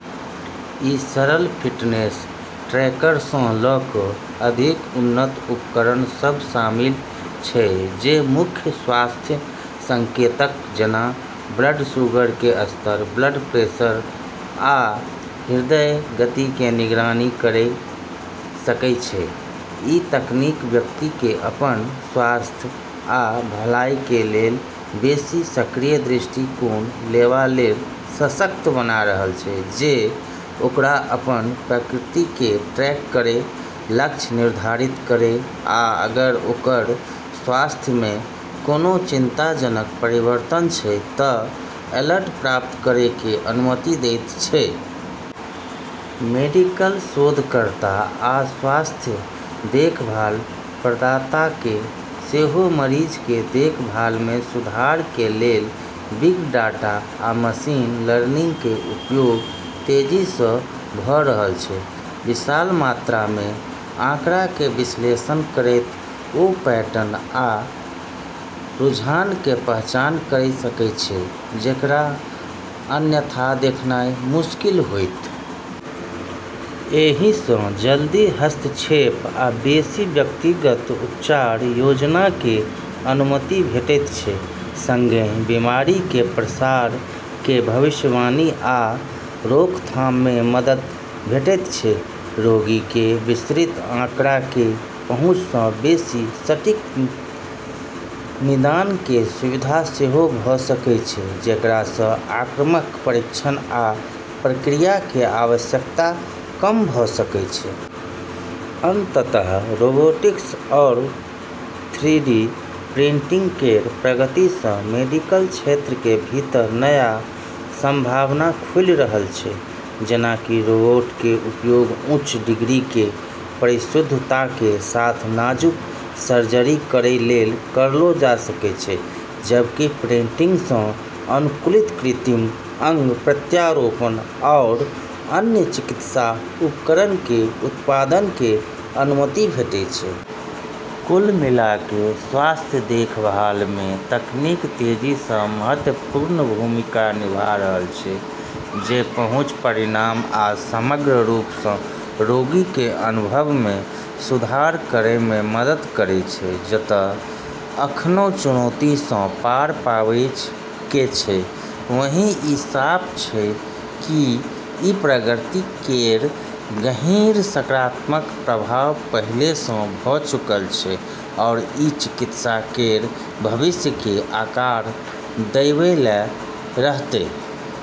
ई सरल फिटनेस ट्रैकरसँ ल' क' अधिक उन्नत उपकरण सब शामिल छै जे मुख्य स्वास्थ्य संकेतक जेना ब्लड शुगरके स्तर, ब्लड प्रेशर, आ हृदय गतिके निगरानी करि सकै छै । ई तकनीक व्यक्तिके अपन स्वास्थ्य आ भलाइके लेल बेशी सक्रिय दृष्टिकोण लेवा लेल सशक्त बना रहल छै, जे ओकरा अपन प्रगतिके ट्रैक करै, लक्ष्य निर्धारित करै आ अगर ओकर स्वास्थ्यमे कोनो चिंताजनक परिवर्तन छै त' अलर्ट प्राप्त करैके अनुमति दैत छै । मेडिकल शोधकर्ता आ स्वास्थ्य देखभाल प्रदाताके सेहो मरीजके देखभालमे सुधारके लेल बिग डाटा आ मशीन लर्निंगके उपयोग तेजीसँ भ' रहल छै । विशाल मात्रामे आंकड़ाकें विश्लेषण करैत ओ पैटर्न आ रुझानकें पहचान करि सके छै जेकरा अन्यथा देखनाइ मुश्किल होइत। एहिसँ जल्दी हस्तक्षेप आ बेसि व्यक्तिगत उपचार योजनाके अनुमति भेटैत छै, सङ्गहेँ बीमारिके प्रसारके भविष्यवाणी आ रोकथाममे मदद भेटैत छै । रोगीके विस्तृत आंकड़ाके पहुंचसँ बेशी सटीक निदानके सुविधा सेहो भ' सकै छै, जेकरासँ आक्रामक परीक्षण आ प्रक्रियाके आवश्यकता कम भ' सकै छै । अंततः रोबोटिक्स आओर थ्रीडी प्रिंटिंग केर प्रगतिसँ मेडिकल क्षेत्रके भीतर नया संभावना खुलि रहल छै। जेना कि रोबोटके उपयोग उच्च डिग्रीके परिशुद्धताके साथ नाजुक सर्जरी करै लेल करलौ जा सकै छै, जबकि प्रिंटिंगसँ अनुकूलित कृत्रिम अंग, प्रत्यारोपण आओर अन्य चिकित्सा उपकरणके उत्पादनके अनुमति भेटै छै। कुल मिलाके, स्वास्थ्य देखभालमे तकनीक तेजीसँ महत्वपूर्ण भूमिका निभा रहल छै, जे पहुंच, परिणाम, आ समग्र रूपसँ रोगीके अनुभवमे सुधार करैमे मदद करै छै । जतऽ अखनउ चुनौतीसँ पार पाबैके छै, वहीं ई साफ छै कि ई प्रगति केर गहीँर सकारात्मक प्रभाव पहिलेसँ भ' चुकल छै आओर ई चिकित्सा केर भविष्यके आकार दैबला रहतै।